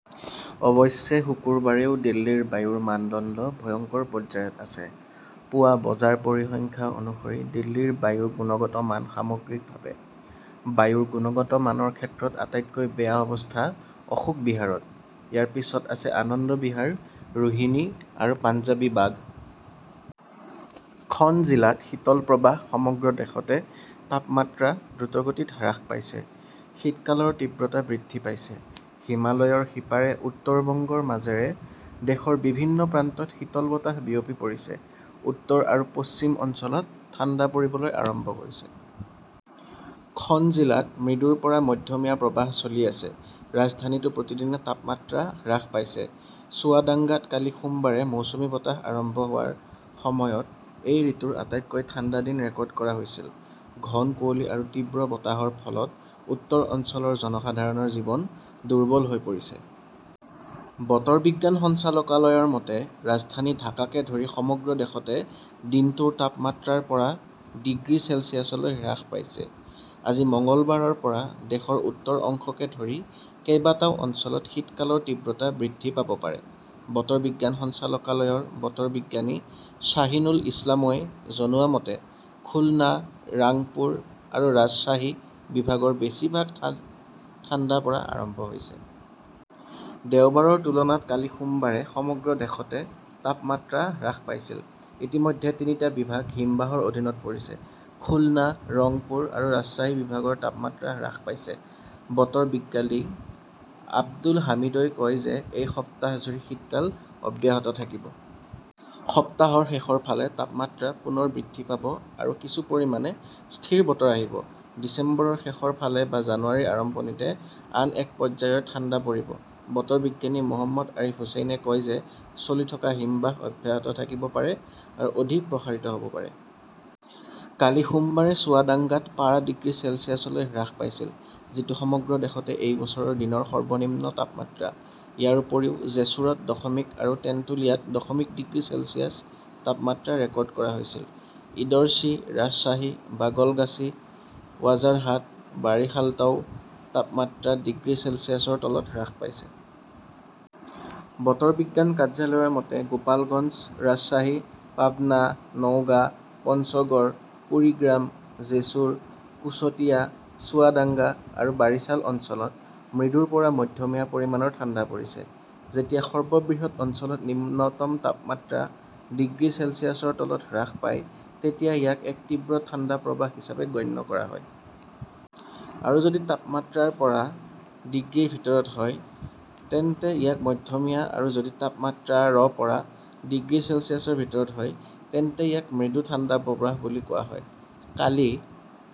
অৱশ্যে শুকুৰবাৰেও দিল্লীৰ বায়ুৰ মানদণ্ড 'ভয়ংকৰ "পৰ্যায়ত আছে। পুৱা বজাৰ পৰিসংখ্যা অনুসৰি দিল্লীৰ বায়ুৰ গুণগত মান সামগ্ৰিকভাৱে। বায়ুৰ গুণগত মানৰ ক্ষেত্ৰত আটাইতকৈ বেয়া অৱস্থা অশোক বিহাৰত। ইয়াৰ পিছত আছে আনন্দ বিহাৰ, ৰোহিনী আৰু পাঞ্জাৱী বাগ। খন জিলাত শীতল প্ৰবাহ সমগ্ৰ দেশতে তাপমাত্ৰা দ্ৰুতগতিত হ্ৰাস পাইছে। শীতকালৰ তীব্ৰতা বৃদ্ধি পাইছে। হিমালয়ৰ সিপাৰে উত্তৰ বংগৰ মাজেৰে দেশৰ বিভিন্ন প্ৰান্তত শীতল বতাহ বিয়পি পৰিছে। উত্তৰ আৰু উত্তৰ-পশ্চিম অঞ্চলত ঠাণ্ডা পৰিবলৈ আৰম্ভ কৰিছে। খন জিলাত মৃদুৰ পৰা মধ্যমীয়া প্ৰৱাহ চলি আছে। ৰাজধানীতো প্ৰতিদিনে তাপমাত্ৰা হ্ৰাস পাইছে। চুৱাডাংগাত কালি সোমবাৰে মৌচুমী বতাহ আৰম্ভ হোৱাৰ সময়ত এই ঋতুৰ আটাইতকৈ ঠাণ্ডা দিন ৰেকৰ্ড কৰা হৈছিল। ঘন কুঁৱলী আৰু তীব্ৰ বতাহৰ ফলত উত্তৰ অঞ্চলৰ জনসাধাৰণৰ জীৱন দুৰ্বল হৈ পৰিছে। বতৰ বিজ্ঞান সঞ্চালকালয়ৰ মতে, ৰাজধানী ঢাকাকে ধৰি সমগ্ৰ দেশতে দিনটোৰ তাপমাত্ৰা ৰ পৰা ডিগ্ৰী চেলছিয়াছলৈ হ্ৰাস পাইছে। আজি মঙলবাৰৰ পৰা দেশৰ উত্তৰ অংশকে ধৰি কেইবাটাও অঞ্চলত শীতকালৰ তীব্ৰতা বৃদ্ধি পাব পাৰে। বতৰ বিজ্ঞান সঞ্চালকালয়ৰ বতৰ বিজ্ঞানী শ্বাহিনুল ইছলামই জনোৱা মতে, খুলনা, ৰাংপুৰ আৰু ৰাজশ্বাহী বিভাগৰ বেছিভাগ ঠাইত ঠাণ্ডা পৰা আৰম্ভ হৈছে। দেওবাৰৰ তুলনাত কালি সোমবাৰে সমগ্ৰ দেশতে তাপমাত্ৰা হ্ৰাস পাইছিল। ইতিমধ্যে তিনিটা বিভাগ হিমবাহৰ অধীনত পৰিছে। খুলনা, ৰাংপুৰ আৰু ৰাজশ্বাহী বিভাগৰ তাপমাত্ৰা হ্ৰাস পাইছে। বতৰ বিজ্ঞানী আব্দুল হামিদই কয় যে এই সপ্তাহজুৰি শীতকাল অব্যাহত থাকিব। সপ্তাহৰ শেষৰ ফালে তাপমাত্ৰা পুনৰ বৃদ্ধি পাব আৰু কিছু পৰিমাণে স্থিৰ বতৰ আহিব। ডিচেম্বৰৰ শেষৰ ফালে বা জানুৱাৰীৰ আৰম্ভণিতে আন এক পৰ্যায়ৰ ঠাণ্ডা পৰিব। বতৰ বিজ্ঞানী মহম্মদ আৰিফ হুচেইনে কয় যে চলি থকা হিমবাহ অব্যাহত থাকিব পাৰে আৰু অধিক প্ৰসাৰিত হ 'ব পাৰে। কালি সোমবাৰে চুৱাদাঙ্গাত পাৰা ডিগ্ৰী চেলছিয়াছলৈ হ্ৰাস পাইছিল, যিটো সমগ্ৰ দেশতে এই বছৰৰ দিনৰ সৰ্বনিম্ন তাপমাত্ৰা। ইয়াৰ উপৰিও, জেছোৰত দশমিক আৰু তেন্তুলিয়াত দশমিক ডিগ্ৰী চেলছিয়াছ তাপমাত্ৰা ৰেকৰ্ড কৰা হৈছিল। ঈশ্বৰদী, ৰাজশ্বাহী, বাদলগাছী, ৰাজাৰহাট, বাৰিশালতও তাপমাত্ৰা ডিগ্ৰী চেলছিয়াছৰ তলত হ্ৰাস পাইছে। বতৰ বিজ্ঞান কাৰ্যালয়ৰ মতে, গোপালগঞ্জ, ৰাজশ্বাহী, পাবনা, নওগাঁ, পঞ্চগড়, কুৰিগ্ৰাম, জেছুৰ, কুশটিয়া, চুৱাদাঙ্গা আৰু বাৰিছাল অঞ্চলত মৃদুৰ পৰা মধ্যমীয়া পৰিমাণৰ ঠাণ্ডা পৰিছে। যেতিয়া সৰ্ববৃহৎ অঞ্চলত নিম্নতম তাপমাত্ৰা ডিগ্ৰী চেলছিয়াছৰ তলত হ্ৰাস পায় তেতিয়া ইয়াক এক তীব্ৰ ঠাণ্ডা প্ৰৱাহ হিচাপে গণ্য কৰা হয়। আৰু যদি তাপমাত্ৰা ৰ পৰা ডিগ্ৰীৰ ভিতৰত হয় তেন্তে ইয়াক মধ্যমীয়া আৰু যদি তাপমাত্ৰা ৰ পৰা ডিগ্ৰী চেলছিয়াছৰ ভিতৰত হয় তেন্তে ইয়াক মৃদু ঠাণ্ডা প্ৰৱাহ বুলি কোৱা হয়। কালি